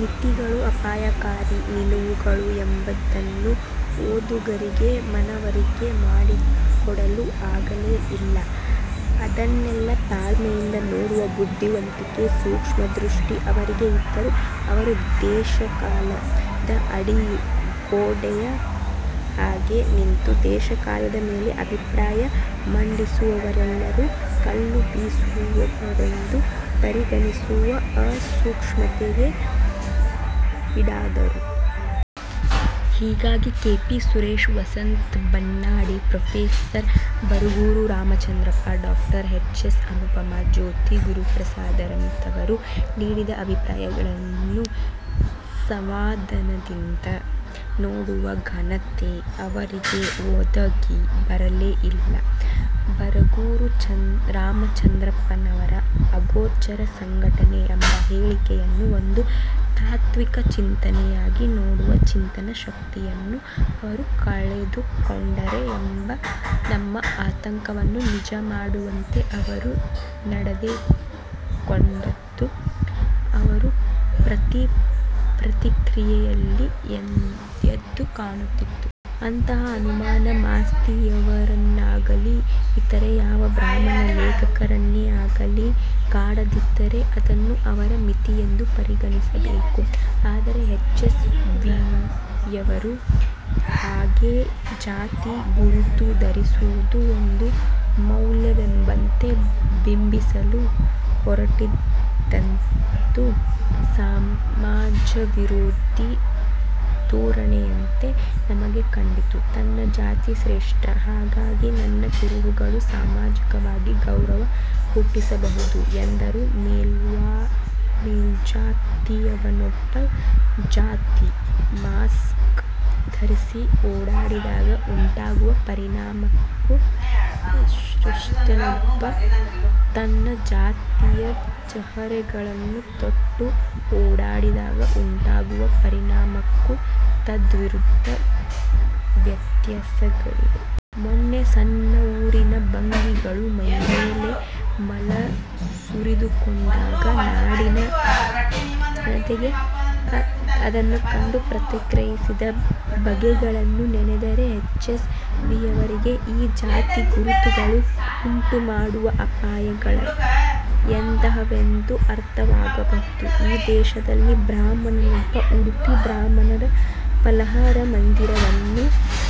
ಮಿತಿಗಳು, ಅಪಾಯಕಾರಿ ನಿಲುವುಗಳು ಏನೆಂಬುದನ್ನು ಓದುಗರಿಗೆ ಮನವರಿಕೆ ಮಾಡಿಕೊಡಲು ಆಗಲೇ ಇಲ್ಲ. ಅದನ್ನೆಲ್ಲ ತಾಳ್ಮೆಯಿಂದ ನೋಡುವ ಬುದ್ಧಿವಂತಿಕೆ, ಸೂಕ್ಷ್ಮ ದೃಷ್ಟಿ ಅವರಿಗೆ ಇದ್ದರೂ ಅವರು 'ದೇಶ ಕಾಲ'ದ ಅಡ್ಡಗೋಡೆಯ ಹಾಗೆ ನಿಂತು, ದೇಶ ಕಾಲದ ಮೇಲೆ ಅಭಿಪ್ರಾಯ ಮಂಡಿಸುವವರೆಲ್ಲರೂ ಕಲ್ಲು ಬೀಸುವವರೆಂದು ಪರಿಗಣಿಸುವ ಅಸೂಕ್ಷ್ಮತೆಗೆ ಈಡಾದರು. ಹೀಗಾಗಿ K. P. Suresha, Vasantha Bannadi, prof. Baraguru Ramachandrappa, ಡಾ. ಎಚ್. ಎಸ್. ಅನುಪಮಾ, ಜ್ಯೋತಿ ಗುರುಪ್ರಸಾದ್ರಂತಹವರು ನೀಡಿದ ಅಭಿಪ್ರಾಯಗಳನ್ನೂ ಸಾವಧಾನದಿಂದ ನೋಡುವ ಘನತೆ ಅವರಿಗೆ ಒದಗಿ ಬರಲೇ ಇಲ್ಲ. ಬರಗೂರು ರಾಮಚಂದ್ರಪ್ಪನವರ 'ಅಗೋಚರ ಸಂಘಟನೆ' ಎಂಬ ಹೇಳಿಕೆಯನ್ನು ಒಂದು ತಾತ್ವಿಕ ಚಿಂತನೆಯಾಗಿ ನೋಡುವ ಚಿಂತನ ಶಕ್ತಿಯನ್ನೂ ಅವರು ಕಳೆದುಕೊಂಡರೆ ಎಂಬ ನಮ್ಮ ಆತಂಕವನ್ನು ನಿಜ ಮಾಡುವಂತೆ ಅವರು ನಡೆದುಕೊಂಡದ್ದು ಅವರ ಪ್ರತಿ ಪ್ರತಿಕ್ರಿಯೆಯಲ್ಲಿ ಎದ್ದು ಕಾಣುತ್ತಿತ್ತು. ಅಂತಹ ಅನುಮಾನ ಮಾಸ್ತಿಯವರನ್ನಾಗಲೀ, ಇತರೆ ಯಾವ ಬ್ರಾಹ್ಮಣ ಲೇಖಕರನ್ನೇ ಆಗಲಿ, ಕಾಡದಿದ್ದರೆ ಅದನ್ನು ಅವರ ಮಿತಿಯೆಂದು ಪರಿಗಣಿಸಬೇಕು. ಆದರೆ ಎಚ್. ಎಸ್. ವಿಯವರು ಹಾಗೆ ಜಾತಿ ಗುರುತು ಧರಿಸುವುದು ಒಂದು ಮೌಲ್ಯವೆಂಬಂತೆ ಬಿಂಬಿಸಲು ಹೊರಟಿದ್ದಂತೂ ಸಮಾಜವಿರೋಧಿ ಧೋರಣೆಯಂತೆ ನಮಗೆ ಕಂಡಿತು. 'ತನ್ನ ಜಾತಿ ಶ್ರೇಷ್ಠ, ಹಾಗಾಗಿ ನನ್ನ ಕುರುಹುಗಳು ಸಾಮಾಜಿಕವಾಗಿ ಗೌರವ ಹುಟ್ಟಿಸಬಹುದು' ಎಂದು ಮೇಲ್ಜಾತಿಯವನೊಬ್ಬ ಜಾತಿ 'ಮಾಸ್ಕ್' ಧರಿಸಿ ಓಡಾಡಿದಾಗ ಉಂಟಾಗುವ ಪರಿಣಾಮಕ್ಕೂ ಅಸ್ಪೃಶ್ಯನೊಬ್ಬ ತನ್ನ ಜಾತಿಯ ಚಹರೆಗಳನ್ನು ತೊಟ್ಟು ಓಡಾಡಿದಾಗ ಉಂಟಾಗುವ ಪರಿಣಾಮಕ್ಕೂ ತದ್ವಿರುದ್ಧ ವ್ಯತ್ಯಾಸಗಳಿವೆ. ಮೊನ್ನೆ ಸವಣೂರಿನ ಭಂಗಿಗಳು ಮೈಮೇಲೆ ಮಲ ಸುರಿದುಕೊಂಡಾಗ ನಾಡಿನ ಜನತೆ ಅದನ್ನು ಕಂಡು ಪ್ರತಿಕ್ರಿಯಿಸಿದ ಬಗೆಗಳನ್ನು ನೆನೆದರೆ ಎಚ್. ಎಸ್. ವಿಯವರಿಗೆ ಈ ಜಾತಿ ಗುರುತುಗಳು ಉಂಟು ಮಾಡುವ ಅಪಾಯಗಳು ಎಂತಹವೆಂದು ಅರ್ಥವಾಗಬಹುದು. ಈ ದೇಶದಲ್ಲಿ ಬ್ರಾಹ್ಮಣನೊಬ್ಬ 'ಉಡುಪಿ ಬ್ರಾಹ್ಮಣರ ಫಲಾಹಾರ ಮಂದಿರ'ವನ್ನೂ,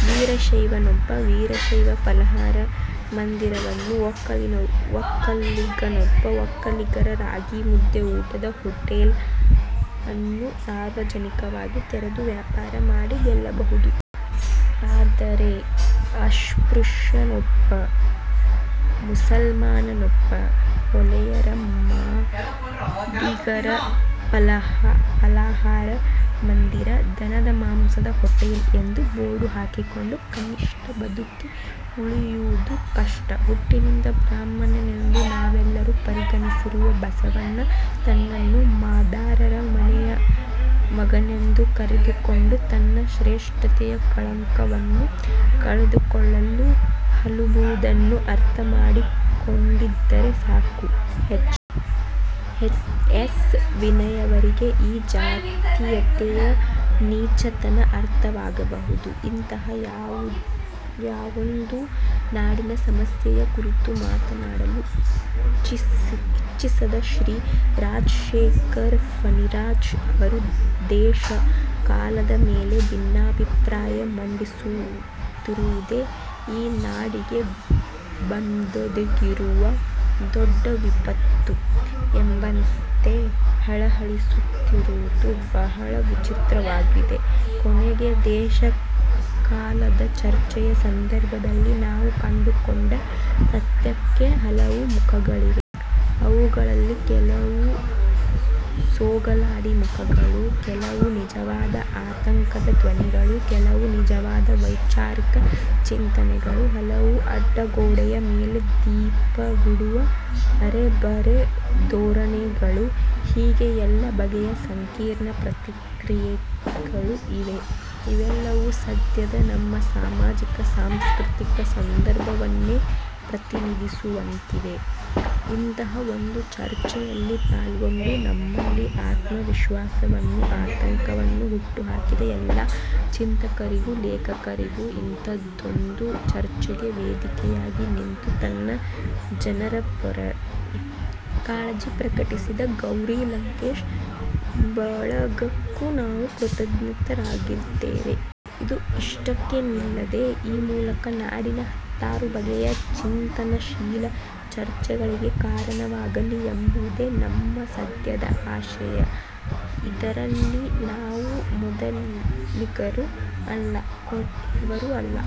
ವೀರಶೈವನೊಬ್ಬ 'ವೀರಶೈವ ಫಲಾಹಾರ ಮಂದಿರ'ವನ್ನೂ, ಒಕ್ಕಲಿಗನೊಬ್ಬ 'ಒಕ್ಕಲಿಗರ ರಾಗಿ ಮುದ್ದೆ ಊಟದ ಹೋಟೆಲ್' ಅನ್ನೂ ಸಾರ್ವಜನಿಕವಾಗಿ ತೆರೆದು ವ್ಯಾಪಾರ ಮಾಡಿ ಗೆಲ್ಲಬಹುದು. ಆದರೆ ಅಸ್ಪೃಶ್ಯನೊಬ್ಬ, ಮುಸಲ್ಮಾನನೊಬ್ಬ 'ಹೊಲೆಯರ-ಮಾದಿಗರ ಫಲಾಹಾರ ಮಂದಿರ', 'ದನದ ಮಾಂಸದ ಹೋಟೆಲ್' ಎಂದು ಬೋರ್ಡು ಹಾಕಿಕೊಂಡು ಕನಿಷ್ಟ ಬದುಕಿ ಉಳಿಯುವುದೂ ಕಷ್ಟ. ಹುಟ್ಟಿನಿಂದ ಬ್ರಾಹ್ಮಣನೆಂದು ನಾವೆಲ್ಲರೂ ಪರಿಗಣಿಸಿರುವ ಬಸವಣ್ಣ ತನ್ನನ್ನು ಮಾದಾರರ ಮನೆಯ ಮಗನೆಂದು ಕರೆದುಕೊಂಡು ತನ್ನ 'ಶ್ರೇಷ್ಠತೆಯ ಕಳಂಕ'ವನ್ನು ಕಳೆದುಕೊಳ್ಳಲು ಹಲುಬುವುದನ್ನು ಅರ್ಥಮಾಡಿಕೊಂಡಿದ್ದರೆ ಸಾಕು; ಎಚ್. ಎಸ್. ವಿಯವರಿಗೆ ಈ ಜಾತೀಯತೆಯ ನೀಚತನ ಅರ್ಥವಾಗಬಹುದು. ಇಂತಹ ಯಾವೊಂದು ನಾಡಿನ ಸಮಸ್ಯೆಯ ಕುರಿತೂ ಮಾತನಾಡಲು ಇಚ್ಛಿಸದ ಶ್ರೀ ರಾಜಶೇಖರ್-ಫಣಿರಾಜ್ ಅವರು 'ದೇಶ ಕಾಲ'ದ ಮೇಲೆ ಭಿನ್ನಾಭಿಪ್ರಾಯ ಮಂಡಿಸುತ್ತಿರುವುದೇ ಈ ನಾಡಿಗೆ ಬಂದೊದಗಿರುವ ದೊಡ್ಡ ವಿಪತ್ತು ಎಂಬಂತೆ ಹಳಹಳಿಸುತ್ತಿರುವುದು ಬಹಳ ವಿಚಿತ್ರವಾಗಿದೆ. ಕೊನೆಗೆ 'ದೇಶ ಕಾಲ'ದ ಚರ್ಚೆಯ ಸಂದರ್ಭದಲ್ಲಿ ನಾವು ಕಂಡುಕೊಂಡ ಸತ್ಯಕ್ಕೆ ಹಲವು ಮುಖಗಳಿವೆ. ಅವುಗಳಲ್ಲಿ ಕೆಲವು ಸೋಗಲಾಡಿ ಮುಖಗಳೂ, ಕೆಲವು ನಿಜವಾದ ಆತಂಕದ ಧ್ವನಿಗಳೂ, ಕೆಲವು ನಿಜವಾದ ವೈಚಾರಿಕ ಚಿಂತನೆಗಳೂ, ಕೆಲವು ಅಡ್ಡಗೋಡೆಯ ಮೇಲೆ ದೀಪವಿಡುವ ಅರೆಬರೆ ಧೋರಣೆಗಳೂ ಹೀಗೆ ಎಲ್ಲ ಬಗೆಯ ಸಂಕೀರ್ಣ ಪ್ರತಿಕ್ರಿಯೆಗಳೂ ಇವೆ. ಇವೆಲ್ಲವೂ ಸದ್ಯದ ನಮ್ಮ ಸಾಮಾಜಿಕ ಸಾಂಸ್ಕೃತಿಕ ಸಂದರ್ಭವನ್ನೇ ಪ್ರತಿನಿಧಿಸುವಂತಿವೆ. ಇಂತಹ ಒಂದು ಚರ್ಚೆಯಲ್ಲಿ ಪಾಲ್ಗೊಂಡು ನಮ್ಮಲ್ಲಿ ಆತ್ಮವಿಶ್ವಾಸವನ್ನೂ ಆತಂಕವನ್ನೂ ಹುಟ್ಟು ಹಾಕಿದ ಎಲ್ಲಾ ಚಿಂತಕರಿಗೂ, ಲೇಖಕರಿಗೂ, ಇಂತಹುದೊಂದು ಚರ್ಚೆಗೆ ವೇದಿಕೆಯಾಗಿ ನಿಂತು ತನ್ನ ಜನಪರ ಕಾಳಜಿ ಪ್ರಕಟಿಸಿದ 'ಗೌರಿ ಲಂಕೇಶ್' ಬಳಗಕ್ಕೂ ನಾವು ಕೃತಜ್ಞರಾಗಿದ್ದೇವೆ. ಇದು ಇಷ್ಟಕ್ಕೇ ನಿಲ್ಲದೆ; ಈ ಮೂಲಕ ನಾಡಿನ ಹತ್ತಾರು ಬಗೆಯ ಚಿಂತನಶೀಲ ಚರ್ಚೆಗಳಿಗೆ ಕಾರಣವಾಗಲಿ ಎಂಬುದೇ ನಮ್ಮ ಸದ್ಯದ ಆಶಯ. ಇದರಲ್ಲಿ ನಾವು ಮೊದಲಿಗರೂ ಅಲ್ಲ, ಕೊನೆಯವರೂ ಅಲ್ಲ.